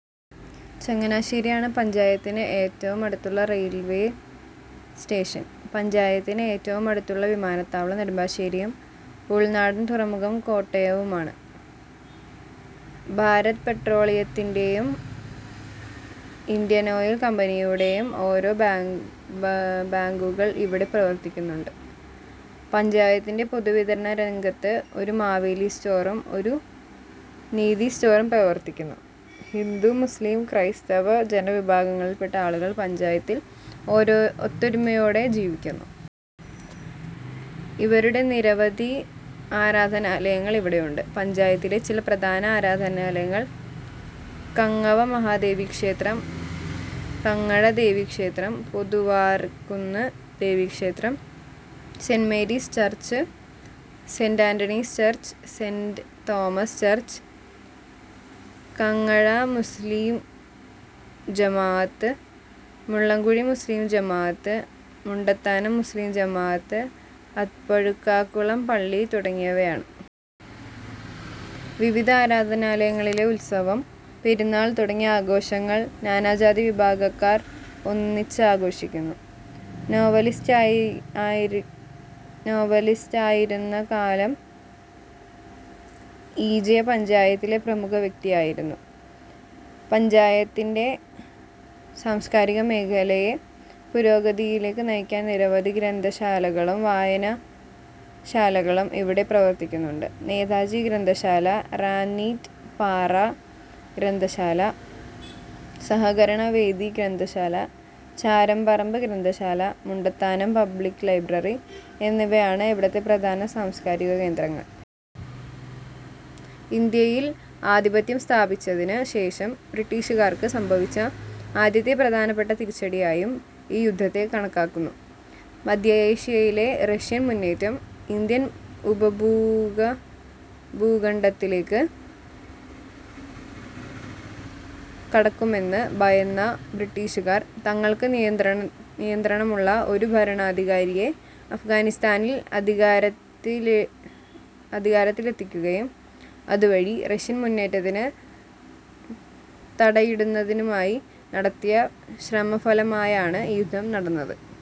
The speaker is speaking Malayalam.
ചങ്ങനാശ്ശേരിയാണ് പഞ്ചായത്തിന് ഏറ്റവും അടുത്തുള്ള റെയിൽവേ സ്റ്റേഷൻ. പഞ്ചായത്തിന് ഏറ്റവും അടുത്തുള്ള വിമാനത്താവളം നെടുമ്പാശ്ശേരിയും ഉൾനാടൻ തുറമുഖം കോട്ടയവുമാണ്. ഭാരത് പെട്രോളിയത്തിന്റെയും, ഇന്ത്യൻ ഓയിൽ കമ്പനിയുടെയും ഓരോ ബങ്കുകൾ ഇവിടെ പ്രവർത്തിക്കുന്നുണ്ട്. പഞ്ചായത്തിന്റെ പൊതുവിതരണരംഗത്ത് ഒരു മാവേലി സ്റ്റോറും ഒരു നീതി സ്റ്റോറും പ്രവർത്തിക്കുന്നു. ഹിന്ദു മുസ്ളിം ക്രൈസ്തവ ജനവിഭാഗങ്ങളിൽപെട്ട ആളുകൾ പഞ്ചായത്തിൽ ഒത്തൊരുമയോടെ ജീവിക്കുന്നു. ഇവരുടെ നിരവധി ആരാധനാലയങ്ങൾ ഇവിടെയുണ്ട്. പഞ്ചായത്തിലെ ചില പ്രധാന ആരാധനാലയങ്ങൾ കങ്ങവ മഹാദേവി ക്ഷേത്രം, കങ്ങഴ ദേവീക്ഷേത്രം, പുതുവാർക്കുന്ന് ദേവീക്ഷേത്രം, saint Mary's church, saint Anthony's church, saint Thomas church, Kangazha മുസ്ളീം ജമാ അത്ത്, മുള്ളംകുഴി മുസ്ളീം ജമാ അത്ത്, മുണ്ടത്താനം മുസ്ളീം ജമാഅത്ത്പഴുക്കാകുളം പള്ളി തുടങ്ങിയവയാണ്. വിവിധ ആരാധനാലയങ്ങളിലെ ഉത്സവം, പെരുന്നാൾ തുടങ്ങിയ ആഘോഷങ്ങൾ നാനാജാതിവിഭാഗക്കാർ ഒന്നിച്ചാഘോഷിക്കുന്നു. നോവലിസ്റ്റായിരുന്ന കാനം. ഇ. ജെ. പഞ്ചായത്തിലെ പ്രമുഖ വ്യക്തിയായിരുന്നു. പഞ്ചായത്തിന്റെ സാംസ്കാരിക മേഖലയെ പുരോഗതിയിലേക്ക് നയിക്കാൻ നിരവധി ഗ്രന്ഥശാലകളും വായനശാലകളും ഇവിടെ പ്രവർത്തിക്കുന്നുണ്ട്. നേതാജി ഗ്രന്ഥശാല, റാന്നീറ്റ് പാറ ഗ്രന്ഥശാല, സഹകരണവേദി ഗ്രന്ഥശാല, ചാരംപറമ്പ് ഗ്രന്ഥശാല, മുണ്ടത്താനം പബ്ളിക് ലൈബ്രറി എന്നിവയാണ് ഇവിടത്തെ പ്രധാന സാംസ്കാരിക കേന്ദ്രങ്ങൾ. ഇന്ത്യയിൽ ആധിപത്യം സ്ഥാപിച്ചതിനു ശേഷം ബ്രിട്ടീഷുകാർക്ക് സംഭവിച്ച ആദ്യത്തെ പ്രധാനപ്പെട്ട തിരിച്ചടിയായും ഈ യുദ്ധത്തെ കണക്കാക്കുന്നു. മദ്ധ്യേഷ്യയിലെ റഷ്യൻ മുന്നേറ്റം, ഇന്ത്യൻ ഉപഭൂഖണ്ഡത്തിലേക്ക് കടക്കുമെന്ന് ഭയന്ന ബ്രിട്ടീഷുകാർ, തങ്ങൾക്ക് നിയന്ത്രണമുള്ള ഒരു ഭരണാധികാരിയെ അഫ്ഗാനിസ്താനിൽ അധികാരത്തിലെത്തിക്കുകയും അതുവഴി റഷ്യൻ മുന്നേറ്റത്തിന് തടയിടുന്നതിനുമായി നടത്തിയ ശ്രമഫലമായാണ് ഈ യുദ്ധം നടന്നത്.